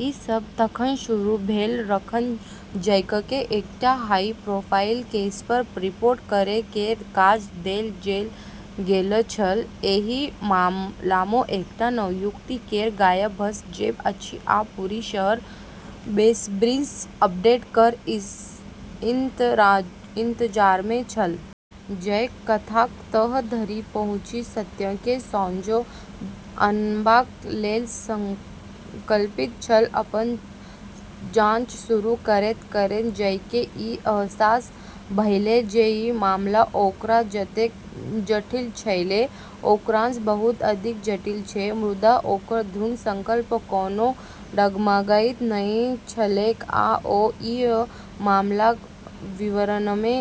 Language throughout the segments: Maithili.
ई सब तखन शुरू भेल जखन जैककेँ एकटा हाई प्रोफाइल केसपर रिपोर्ट करै केर काज देल गेल छल। एहि मामलामे एकटा नवयुवती केर गायब भऽ जेब अछि आ पूरा शहर बेसब्रीसँ अपडेट केर इंतजारमे छल। जैक कथाक तह धरि पहुँची सत्यकेँ सोझाँ अनबाक लेल संकल्पित छल। अपन जांच शुरू करैत-करैत जैककेँ ई अहसास भेलै जे ई मामला ओकरा जतेक जटिल छेलै, ओकरासँ बहुत अधिक जटिल छै। मुदा ओकर दृढ़ संकल्प कोनो डगमगाइत नहि छलैक, आ ओ एहि मामलाक विवरणमे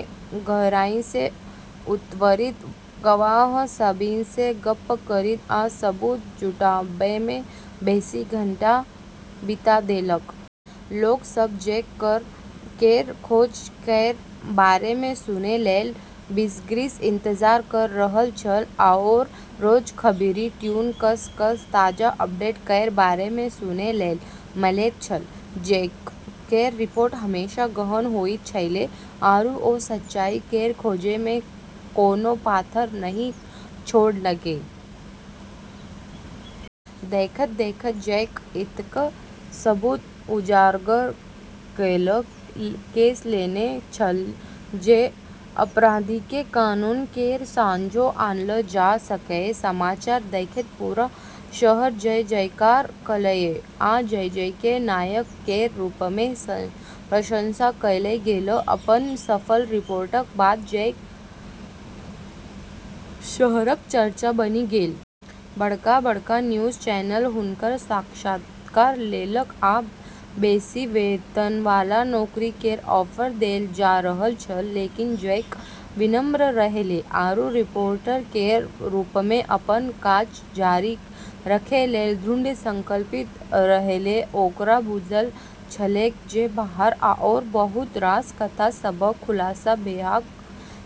गहराईसँ उतरैत, गवाह सभसँ गप्प करैत आ सबूत जुटाबैमे बेसी घंटा बिता देलक। लोक सब जैक केर खोज केर बारेमे सुनै लेल बेसब्रीसँ इंतजार कऽ रहल छल, आओर रोज खबरि ट्यून कऽ कऽ ताजा अपडेट केर बारेमे सुनै लेल मिलैत छल। जैक केर रिपोर्ट हमेशा गहन होइत छेलै, आरू ओ सच्चाई केर खोजमे कोनो पाथर नहि छोड़लकै। देखैत-देखैत जैक एतेक सबूत उजागर कऽ लेने छल जे अपराधीकेँ कानून केर सोझाँ आनल जा सकए। समाचार देखैत पूरा शहर जय-जयकार कएलक, आ जैककेँ नायक केर रूपमे प्रशंसा कएल गेल। अपन सफल रिपोर्टक बाद जैक शहरक चर्चा बनि गेल। बड़का-बड़का न्यूज चैनल हुनक साक्षात्कार लेलक आ बेसी वेतनवाला नौकरी केर ऑफर देल जा रहल छल। लेकिन जैक विनम्र रहलै आरू रिपोर्टर केर रूपमे अपन काज जारी रखै लेल दृढ़ संकल्पित रहलै। ओकरा बुझल छलैक जे बाहर आओर बहुत रास कथा सभक खुलासा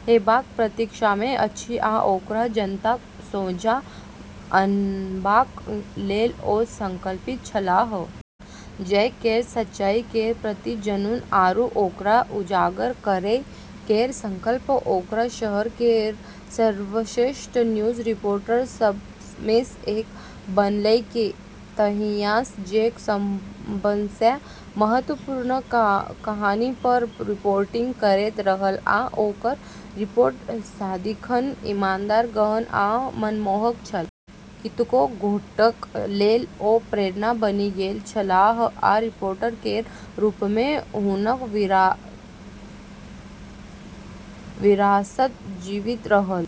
हेबाक प्रतीक्षामे अछि, आ ओकरा जनताक सोझाँ अनबाक लेल ओ संकल्पित छलाह। जैक केर सच्चाई केर प्रति जुनून आरू ओकरा उजागर करै केर संकल्प ओकरा शहर केर सर्वश्रेष्ठ न्यूज रिपोर्टर सभमेसँ एक बनेलकै। तहियासँ जैक सबसँ महत्वपूर्ण कहानीपर रिपोर्टिंग करैत रहल, आ ओकर रिपोर्ट सदिखन ईमानदार, गहन आ मनमोहक छल। कतेको गोटेक लेल ओ प्रेरणा बनि गेल छलाह, आ रिपोर्टर केर रूपमे हुनक विरासत जीवित रहल।